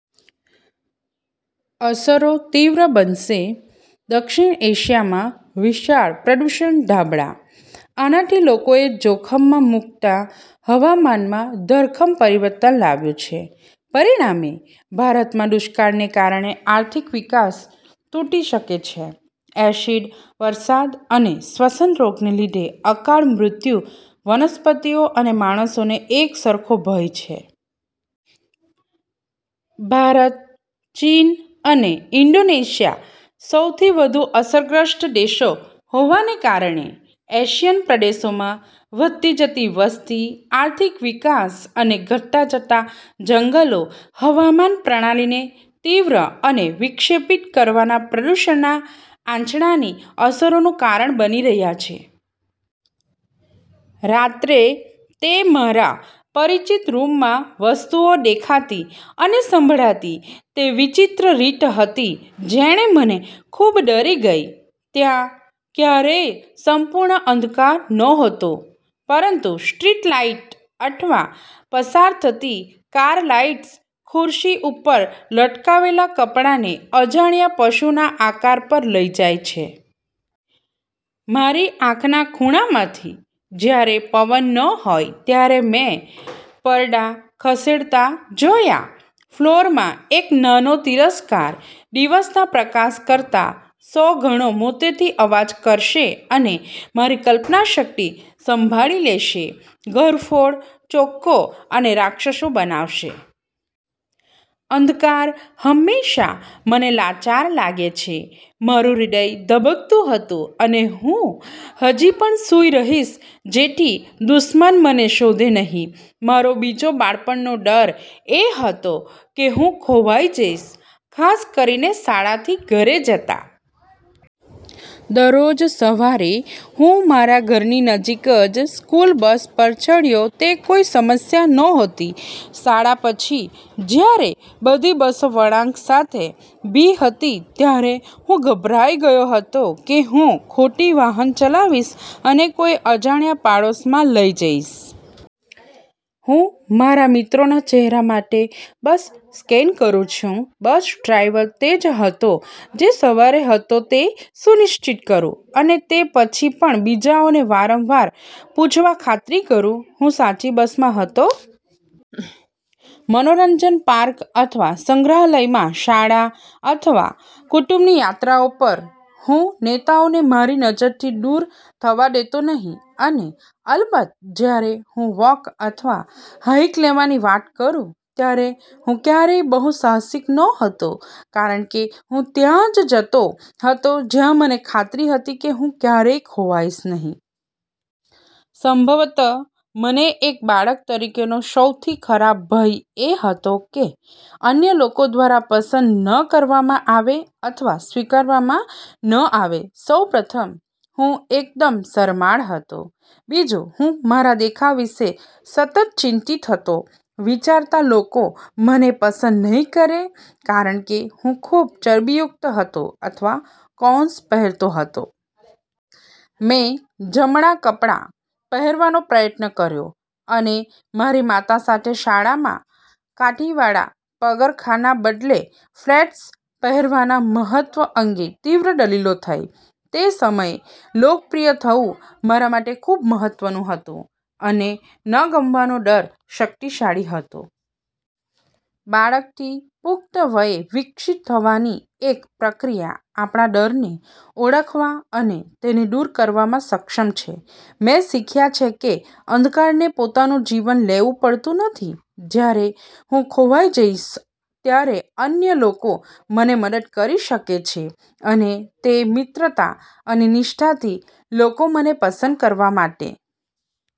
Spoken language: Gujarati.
અસરો તીવ્ર બનશે. દક્ષિણ એશિયામાં વિશાળ પ્રદૂષણ ધાબળા. આનાથી લોકોએ જોખમમાં મુકતા હવામાનમાં ધરખમ પરિવર્તન લાવ્યું છે. પરિણામે, ભારતમાં દુષ્કાળને કારણે આર્થિક વિકાસ તૂટી શકે છે. એસિડ વરસાદ અને શ્વસન રોગને લીધે અકાળ મૃત્યુ વનસ્પતિઓ અને માણસોને એકસરખો ભય છે. ભારત, ચીન અને ઇન્ડોનેશિયા સૌથી વધુ અસરગ્રસ્ત દેશો હોવાને કારણે, એશિયન પ્રદેશોમાં વધતી જતી વસ્તી, આર્થિક વિકાસ અને ઘટતા જતા જંગલો, હવામાન પ્રણાલીને તીવ્ર અને વિક્ષેપિત કરવાના પ્રદૂષણના આંચળાની અસરોનું કારણ બની રહ્યા છે. રાત્રે તે મારા પરિચિત રૂમમાં વસ્તુઓ દેખાતી અને સંભળાતી તે વિચિત્ર રીત હતી જેણે મને ખૂબ ડરી ગઈ. ત્યાં ક્યારેય સંપૂર્ણ અંધકાર નહોતો, પરંતુ સ્ટ્રીટ લાઇટ અથવા પસાર થતી કાર લાઇટ્સ ખુરશી ઉપર લટકાવેલા કપડાંને અજાણ્યા પશુના આકાર પર લઈ જાય છે. મારી આંખના ખૂણામાંથી, જ્યારે પવન ન હોય ત્યારે મેં પડદા ખસેડતા જોયા. ફ્લોરમાં એક નાનો તિરસ્કાર, દિવસના પ્રકાશ કરતાં સો ગણો મોટેથી અવાજ કરશે અને મારી કલ્પનાશક્તિ સંભાળી લેશે, ઘરફોડ ચોક્કો અને રાક્ષસો બનાવશે. અંધકાર હંમેશા મને લાચાર લાગે છે. મારું હૃદય ધબકતું હતું અને હું હજી પણ સૂઈ રહીશ જેથી 'દુશ્મન' મને શોધે નહીં. મારો બીજો બાળપણનો ડર એ હતો કે હું ખોવાઈ જઈશ, ખાસ કરીને શાળાથી ઘરે જતા. દરરોજ સવારે, હું મારા ઘરની નજીક જ સ્કૂલ બસ પર ચડ્યો તે કોઈ સમસ્યા નહોતી. શાળા પછી, જ્યારે, બધી બસો વળાંક સાથે. ભી હતી, ત્યારે હું ગભરાઈ ગયો હતો કે હું ખોટી વાહન ચલાવીશ અને કોઈ અજાણ્યા પાડોશમાં લઈ જઇશ. હું મારા મિત્રોના ચહેરા માટે બસ સ્કેન કરું છું, બસ ડ્રાઇવર તે જ હતો જે સવારે હતો તે સુનિશ્ચિત કરું, અને તે પછી પણ બીજાઓને વારંવાર પૂછવા ખાતરી કરું, હું સાચી બસમાં હતો. મનોરંજન પાર્ક અથવા સંગ્રહાલયમાં શાળા અથવા કુટુંબની યાત્રાઓ પર, હું નેતાઓને મારી નજરથી દૂર થવા દેતો નહીં. અને અલબત્ત, જ્યારે હું વોક અથવા હાઇક લેવાની વાત કરું ત્યારે હું ક્યારેય બહુ સાહસિક નહોતો કારણ કે હું ત્યાં જ જતો હતો જ્યાં મને ખાતરી હતી કે હું ક્યારેય ખોવાઈશ નહીં. સંભવત, મને એક બાળક તરીકેનો સૌથી ખરાબ ભય એ હતો કે અન્ય લોકો દ્વારા પસંદ ન કરવામાં આવે અથવા સ્વીકારવામાં ન આવે. સૌ પ્રથમ, હું એકદમ શરમાળ હતો. બીજું, હું મારા દેખાવ વિશે સતત ચિંતિત હતો, વિચારતા લોકો મને પસંદ નહીં કરે કારણ કે હું ખૂબ ચરબીયુક્ત હતો અથવા કૌંસ પહેરતો હતો. મેં 'જમણા કપડા' પહેરવાનો પ્રયત્ન કર્યો અને મારી માતા સાથે શાળામાં કાઠીવાળા પગરખાંના બદલે ફ્લેટ્સ પહેરવાના મહત્વ અંગે તીવ્ર દલીલો થઈ. તે સમયે લોકપ્રિય થવું મારા માટે ખૂબ મહત્વનું હતું અને ન ગમવાનો ડર શક્તિશાળી હતો. બાળકથી પુખ્ત વયે વિકસિત થવાની એક પ્રક્રિયા આપણા ડરને ઓળખવા અને તેને દૂર કરવામાં સક્ષમ છે. મેં શીખ્યા છે કે અંધકારને પોતાનું જીવન લેવું પડતું નથી, જ્યારે હું ખોવાઈ જઈશ ત્યારે અન્ય લોકો મને મદદ કરી શકે છે અને તે મિત્રતા અને નિષ્ઠાથી લોકો મને પસંદ કરવા માટે।